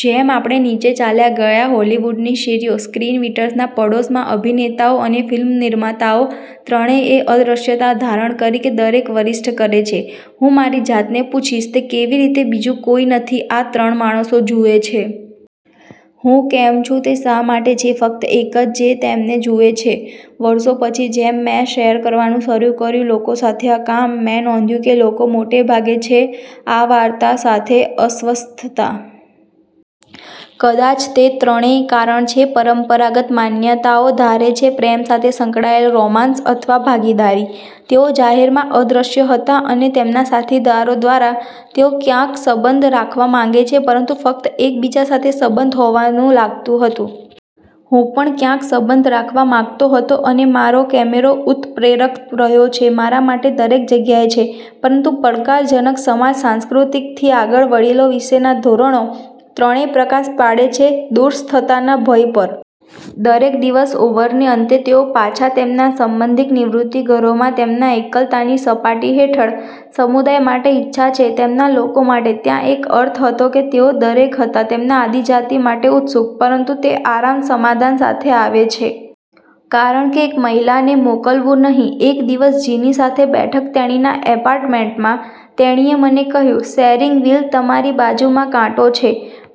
જેમ આપણે નીચે ચાલ્યા ગયા હોલીવૂડની શેરીઓ, સ્ક્રીનવીટર્સના પડોશમાં, અભિનેતાઓ અને ફિલ્મ નિર્માતાઓ, ત્રણેયએ અદ્રશ્યતા ધારણ કરી કે દરેક વરિષ્ઠ કરે છે. હું મારી જાતને પૂછીશ, "તે કેવી રીતે બીજું કોઈ નથી આ ત્રણ માણસો જુએ છે? હું કેમ છું તે શા માટે છે ફક્ત એક જ જે તેમને જુએ છે? " વર્ષો પછી, જેમ મેં શેર કરવાનું શરૂ કર્યું લોકો સાથે આ કામ, મેં નોંધ્યું કે લોકો મોટે ભાગે છે આ વાર્તા સાથે અસ્વસ્થતા. કદાચ તે ત્રણેય કારણ છે પરંપરાગત માન્યતાઓ ધારે છે પ્રેમ સાથે સંકળાયેલ, રોમાંસ અથવા ભાગીદારી. તેઓ જાહેરમાં અદ્રશ્ય હતા અને તેમના સાથીદારો દ્વારા. તેઓ ક્યાંક સંબંધ રાખવા માંગે છે પરંતુ ફક્ત એકબીજા સાથે સંબંધ હોવાનું લાગતું હતું. હું પણ ક્યાંક સંબંધ રાખવા માંગતો હતો. અને મારો કૅમેરો ઉત્પ્રેરક રહ્યો છે મારા માટે દરેક જગ્યાએ છે. પરંતુ પડકારજનક સમાજ-સાંસ્કૃતિકથી આગળ વડીલો વિશેના ધોરણો, ત્રણેય પ્રકાશ પાડે છે દૂરસ્થતા ના ભય પર. દરેક દિવસ ઓવરને અંતે, તેઓ પાછા તેમના સંબંધિત નિવૃત્તિ ઘરોમાં. તેમના એકલતા ની સપાટી હેઠળ, સમુદાય માટે ઇચ્છા છે, તેમના લોકો માટે. ત્યાં એક અર્થ હતો કે તેઓ દરેક હતા તેમના આદિજાતિ માટે ઉત્સુક, પરંતુ તે આરામ સમાધાન સાથે આવે છે,। કારણ કે એક મહિલાને મોકલવું નહીં. એક દિવસ જીની સાથે બેઠક તેણીના ઍપાર્ટમેન્ટમાં, તેણીએ મને કહ્યું, "શેરિંગ વીલ તમારી બાજુમાં કાંટો છે.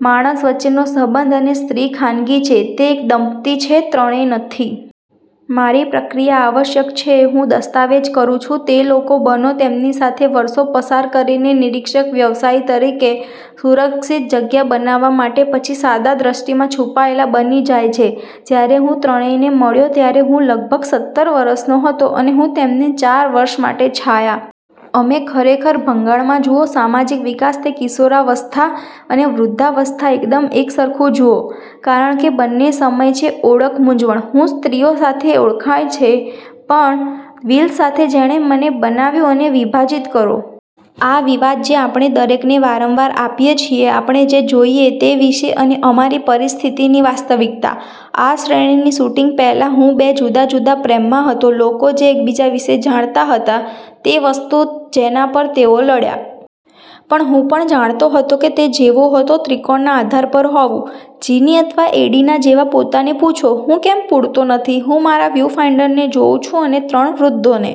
માણસ વચ્ચેનો સંબંધ અને સ્ત્રી ખાનગી છે. તે એક દંપતિ છે, ત્રણેય નથી. " મારી પ્રક્રિયા આવશ્યક છે હું દસ્તાવેજ કરું છું તે લોકો બનો તેમની સાથે વર્ષો પસાર કરીને નિરીક્ષક-વ્યવસાયી તરીકે, સુરક્ષિત જગ્યા બનાવવા માટે, પછી સાદા દૃષ્ટિ માં છુપાયેલા બની જાય છે. જ્યારે હું ત્રણેયને મળ્યો ત્યારે હું લગભગ સત્તર વર્ષનો હતો, અને હું તેમને ચાર વર્ષ માટે છાયા. અમે ખરેખર, ભંગાણ માં જુઓ સામાજિક વિકાસ, તે કિશોરાવસ્થા અને વૃદ્ધાવસ્થા એકદમ એકસરખું જુઓ, કારણ કે બંને સમય છે ઓળખ મૂંઝવણ. હું સ્ત્રીઓ સાથે ઓળખાય છે. પણ વિલ સાથે, જેણે મને બનાવ્યું મને વિભાજીત કરો. આ વિવાદ જે આપણે દરેકને વારંવાર આપીએ છીએ આપણે જે જોઈએ તે વિશે અને અમારી પરિસ્થિતિની વાસ્તવિકતા. આ શ્રેણીની શૂટિંગ પહેલાં, હું બે જુદા જુદા પ્રેમમાં હતો લોકો જે એકબીજા વિશે જાણતા હતા, તે વસ્તુ જેના પર તેઓ લડ્યા. પણ હું પણ જાણતો હતો કે તે જેવો હતો ત્રિકોણના આધાર પર હોવું, જીની અથવા એડિના જેવા, પોતાને પૂછો, "હું કેમ પૂરતો નથી? " હું મારા વ્યુફાઈન્ડરને જોઉં છું અને ત્રણ વૃદ્ધોને